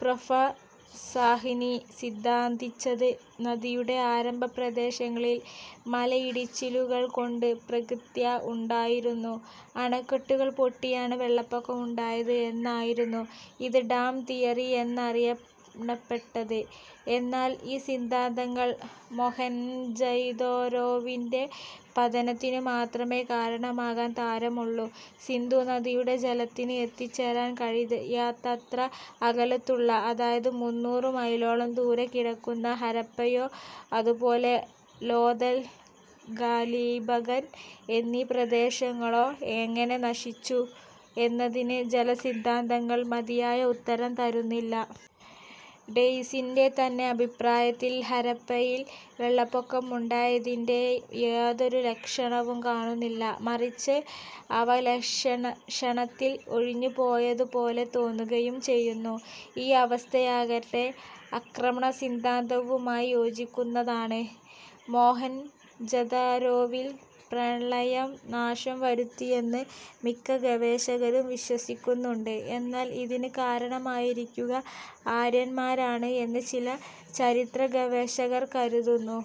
Prof. Sahni സിദ്ധാന്തിച്ചത് നദിയുടെ ആരംഭപ്രദേശങ്ങളിൽ മലയിടിച്ചിലുകൾ കൊണ്ട് പ്രകൃത്യാ ഉണ്ടായിരുന്ന അണക്കെട്ടുകൾ പൊട്ടിയാണ് വെള്ളപ്പൊക്കം ഉണ്ടായത് എന്നായിരുന്നു. ഇത് ഡാം തിയറി എന്നാണറിയപ്പെട്ടത്. എന്നാൽ ഈ സിദ്ധാന്തങ്ങൾ മൊഹെൻജൊദാരോവിന്റെ പതനത്തിനു മാത്രമേ കാരണമാകാൻ തരമുള്ളൂ. സിന്ധു നദിയുടെ ജലത്തിന് എത്തിച്ചേരാൻ കഴിയാത്തത്ര അകലത്തുള്ള അതായത് മൂന്നൂറു മൈലോളം ദൂരെ കിടക്കുന്ന ഹരപ്പയോ അതുപോലെ ലോഥൽ, കാലിബഗൻ എന്നീ പ്രദേശങ്ങളോ എങ്ങനെ നശിച്ചു എന്നതിന് ജലസിദ്ധാന്തങ്ങൾ മതിയായ ഉത്തരം തരുന്നില്ല. ഡെയിൽസിന്റെ തന്നെ അഭിപ്രായത്തിൽ ഹരപ്പയിൽ വെള്ളപ്പൊക്കമുണ്ടായതിന്റെ യാതൊരു ലക്ഷണവും കാണുന്നില്ല. മറിച്ച അവ ക്ഷണത്തിൽ ഒഴിഞ്ഞുപോയതു പോലെ തോന്നുകയും ചെയ്യുന്നു. ഈ അവസ്ഥയാകട്ടെ ആക്രമണസിദ്ധാന്തവുമായി യോജിക്കുന്നതുമാണ്. മൊഹെൻജദരോവിൽ പ്രളയം നാശം വരുത്തിയെന്ന് മിക്ക ഗവേഷകരും വിശ്വസിക്കുന്നുണ്ട്. എന്നാൽ ഇതിന് കാരണമായിരിക്കുക ആര്യന്മാരാണ് എന്ന് ചില ചരിത്രഗവേഷകർ കരുതുന്നു.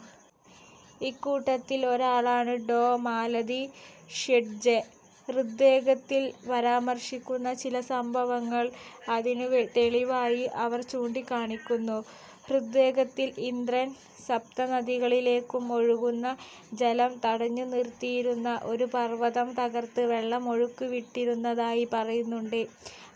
ഇക്കൂട്ടത്തിൽ ഒരാളാണ് ഡോ. മാലതി ഷെണ്ഡ്ജേ. ഋഗ്വേദത്തിൽ പരാമർശിക്കുന്ന ചില സംഭവങ്ങൾ അതിനു തെളിവായി അവർ ചൂണ്ടിക്കാണിക്കുന്നു. ഋഗ്വേദത്തിൽ ഇന്ദ്രൻ സപ്തനദികളിലേക്കും ഒഴുകുന്ന ജലം തടഞ്ഞുനിർത്തിയിരുന്ന ഒരു പർവ്വതം തകർത്ത് വെള്ളം ഒഴുക്കുവിട്ടിരുന്നതായി പറയുന്നുണ്ട്.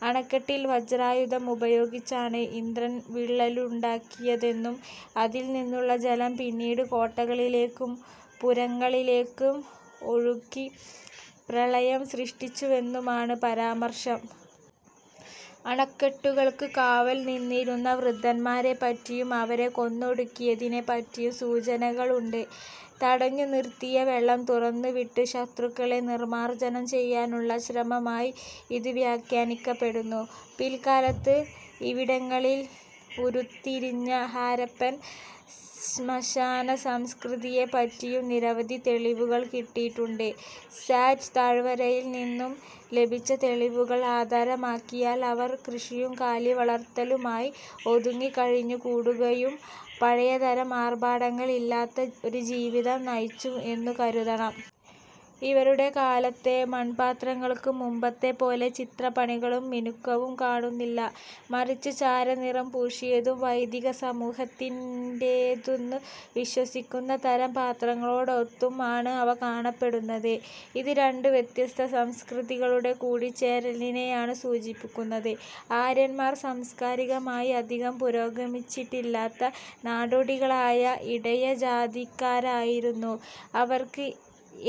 അണക്കെട്ടിൽ വജ്രായുധമുപയോഗിച്ചാണ് ഇന്ദ്രൻ വിള്ളലുണ്ടാക്കിയെന്നും അതിൽനിന്നുള്ള ജലം പിന്നീട് കോട്ടകളിലേക്കും പുരങ്ങളിലേക്കും ഒഴുക്കി പ്രളയം സൃഷ്ടിച്ചുവെന്നുമാണ് പരാമർശം. അണകൾക്ക് കാവൽ നിന്നിരുന്ന വൃതന്മാരെ പറ്റിയും അവരെ കൊന്നൊടുക്കിയതിനെ പറ്റിയും സൂചനകളുണ്ട്. തടഞ്ഞു നിർത്തിയ വെള്ളം തുറന്നുവിട്ട് ശത്രുക്കളെ നിർമ്മാർജ്ജനം ചെയ്യാനുള്ള ശ്രമമായി ഇതു വ്യാഖ്യാനിക്കപ്പെടുന്നു. പിൽക്കാലത്ത് ഇവിടങ്ങളിൽ ഉരുത്തിരിഞ്ഞ ഹരപ്പൻ ശ്മശാനസംസ്കൃതിയേപ്പറ്റിയും നിരവധി തെളിവുകൾ കിട്ടിയിട്ടുണ്ട്. സ്വാറ്റ് താഴ്വരയിൽ നിന്നും ലഭിച്ച തെളിവുകൾ ആധാരമാക്കിയാൽ അവർ കൃഷിയും കാലിവളർത്തലുമായി ഒതുങ്ങിക്കഴിഞ്ഞുകൂടുകയും പഴയ തരം ആർഭാടങ്ങൾ ഇല്ലാത്ത ഒരു ജീവിതം നയിച്ചു എന്നും കരുതണം. ഇവരുടെ കാലത്തെ മൺപാത്രങ്ങൾക്ക് മുൻപത്തെ പോലെ ചിത്രപ്പണികളും മിനുക്കവും കാണുന്നില്ല. മറിച്ച് ചാരനിറം പൂശിയതും വൈദികസമൂഹത്തിൻറേതെന്നു വിശ്വസിക്കുന്ന തരം പാത്രങ്ങളോടൊത്തും ആണ് അവ കാണപ്പെടുന്നത്. ഇത് രണ്ടു വ്യത്യസ്തസംസ്കൃതികളുടെ കൂടിച്ചേരലിനേയാണ് സൂചിപ്പിക്കുന്നത്. ആര്യന്മാർ സാംസ്കാരികമായി അധികം പുരോഗമിച്ചിട്ടില്ലാത്ത നാടോടികളായ ഇടയജാതിക്കാരായിരുന്നു. അവർക്ക്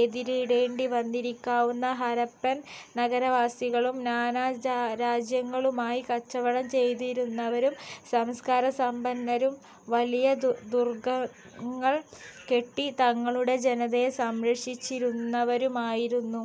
എതിരിടേണ്ടി വന്നിരിക്കാവുന്ന ഹരപ്പന്മാർ നഗരവാസികളും നാനാരാജ്യങ്ങളുമായി കച്ചവടം ചെയ്തിരുന്നവരും സംസ്കാരസമ്പന്നരും വലിയ ദുർഗ്ഗങ്ങൾ കെട്ടി തങ്ങളുടെ ജനതയെ സംരക്ഷിച്ചിരുന്നവരുമായിരുന്നു.